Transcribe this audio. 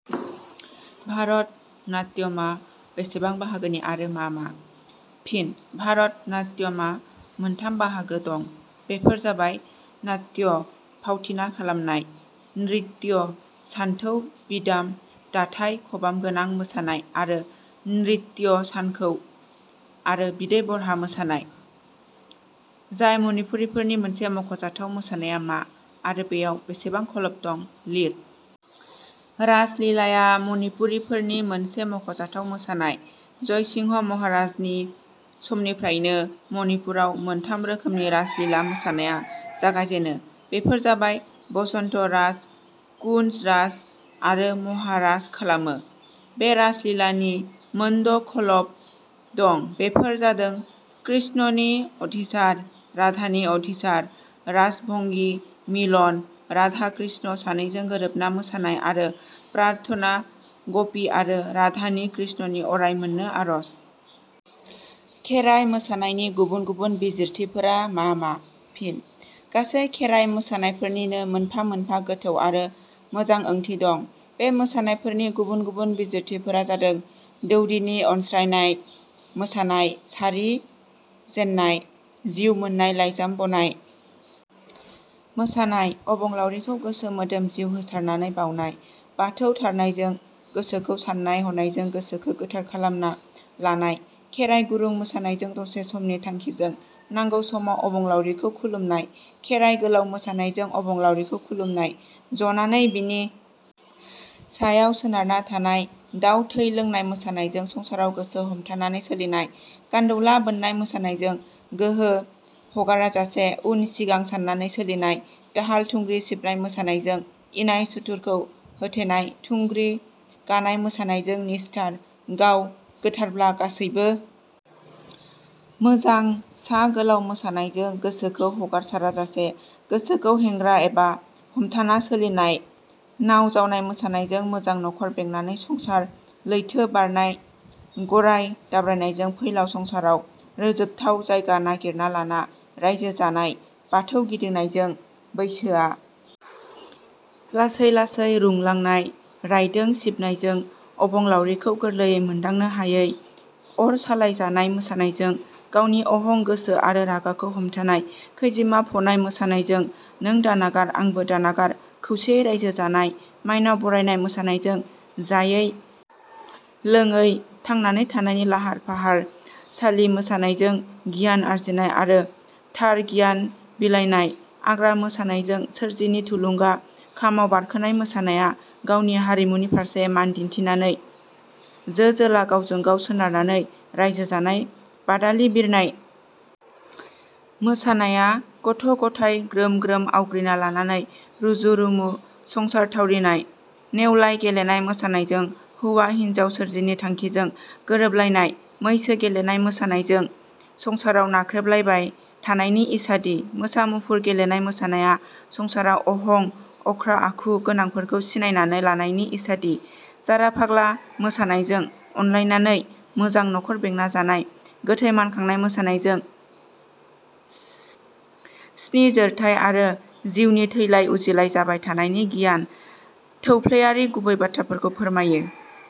भारत नात्यमा बेसेबां बाहागोनि आरो मा मा? फिन भारत नात्यमा मोनथाम बाहागो दं। बेफोर जाबाय- नात्य- फावथिना खालामनाय। नृत्य सानथौ बिदाम दाथाइ खबामगोनां मोसानाय आरो नृत्य सानखौ आरो बिदै बहरा मोसानाय। जाय मनिपुरीफोरनि मोनसे मखजाथाव मोसानाया मा आरो बेयाव बेसेबां खलब दं लिर। फिनः रासलिलाया मनिपुरीफोरनि मोनसे मख'जाथाव मोसानाय जयसिंह महाराजनि समनिफ्रायनो मनिपुराव मोनथाम रोखोमनि रासलिला मोसानाया जागायजेनो बेफोर जाबाय बसन्त रास कुनज रास आरो महारास खालामो। बे रासलिलानि मोनद' खलब दं बेफोर जादों कृष्णनि अधिसार राधानि अधिसार रास भंगी मिलन राधा कृष्ण सानैजों गोरोबना मोसानाय आरो प्रार्थना गप्पी आरो राधानि कृष्णखी अराय मोननो आरज। खेराय मोसानायनि गुबुन गुबुन बिजिरथिफोरा मा मा? फिन: गासै खेराइ मोसानायफोरनिनो मोनफा मोनफा गोथौ आरो मोजां ओंथि दं बे मोसानायफोरनि गुबुन गुबुन बिजिरथिफोरा जादों- दौदिनि अनस्रानाय मोसानाय सारि जेननाय, जिउ मोननाय लाइजाम बनाय मोसानाय अबलाउरिखौ गोसो मोदोम जिउ होसारनानै बाउनाय, बाथौ थारनायजों गोसोखौ साननाय हनायजों गोसोखो गोथार खालामना लानाय खेराइ गुरुं मोसानायज दसे समनि थांखिजों नांगौ समाव अबंलावरिखौ खुलुमनाय खेराइ गोलाउ मोसानायजों अबंलावरिखौ खुलुमनाय, जनानै बिनि सायाव सोनारना थानाय दाउ थै लोंनाय मोसानायजों संसाराव गोसो हमथानानै सोलिनाय, गान्दौला बोननाय मोसानायजों गोहो हगाराजासे उन-सिंगा साननानै सोलिनाय दाहाल- थुंग्रि सिबनाय मोसानायजों इनाय सुथुरखौ होथेनाय थुंग्रि गानाय मोसानायजों निस्थार, गाव गोथारब्ला गासैबो मोजां सा गोलाउ मोसानायजों गोसोखौ हगारसाराजासे गोसोखौ हेंग्रा एबा हमथाना सोलिनाय नाव जावनाय मोसानायजों मोजां नखर बेंनानै संसार लैथो बारनाय गराइ दाब्रायनायजों फैलाव संसाराव रोजोबथाव जायगा नागिरना लाना रायजो जानाय बाथौ गिदिंनायजों बैसोआ लासै लासै रुंलांनाय रायदों सिबनायजों अबंलावारिखौ गोरलैयै मोनदांनो हायै अर सालाइ जानाय मोसानायजों गावनि अहं गोसो आरो रागाखौ हमथानाय खोजेमा फनाय मोसानायजों नों दानागार आंबो दानागार खौसेयै रायजो जानाय मायनाव बरायनाय मोसानायजों जायै लोङै थांनानै थानायनि लाहार फाहार सालि मोसानायजों गियान आरजिनाय आरो थार गियान बिलायनाय आग्रा मोसानायजों सोरजिनि थुलुंगा खामाव बारखोनाय मोसानाया गावनि हारिमुनि फारसे मान दिन्थिनानै जो-जोला गावजों गाव सोनारनानै रायजो जानाय बादालि बिरनाय मोसानाया गथ'- गथाइ ग्रोम ग्रोम आवग्रिना लानानै रुजु रुमु संसार थावरिनाय नेवलाइ गेलेनाय मोसानायजों हौवा हिनजाव सोरजिनि थाखिजों गोरोबलायनाय मैसो गेलेनाय मोसानायजों संसाराव नाख्रेबलायबाय थानायनि इसादि मोसा मुफुर गेलेनाय मोसानाया संसाराव अहं, अख्रा आखु गोनांफोरखौ सिनायनानै लानायनि इसादि जाराफाला मोसानायजों अनलायनानै मोजां नखर बेंना जानाय गोथै मानखांनाय मोसानायजों सि नि जोरथाइ आरो जिउनि थैलाय उजिलाय जाबाय थानायनि गियान थौफ्लेयारि गुबै बाथ्राफोरखौ फोरमायो।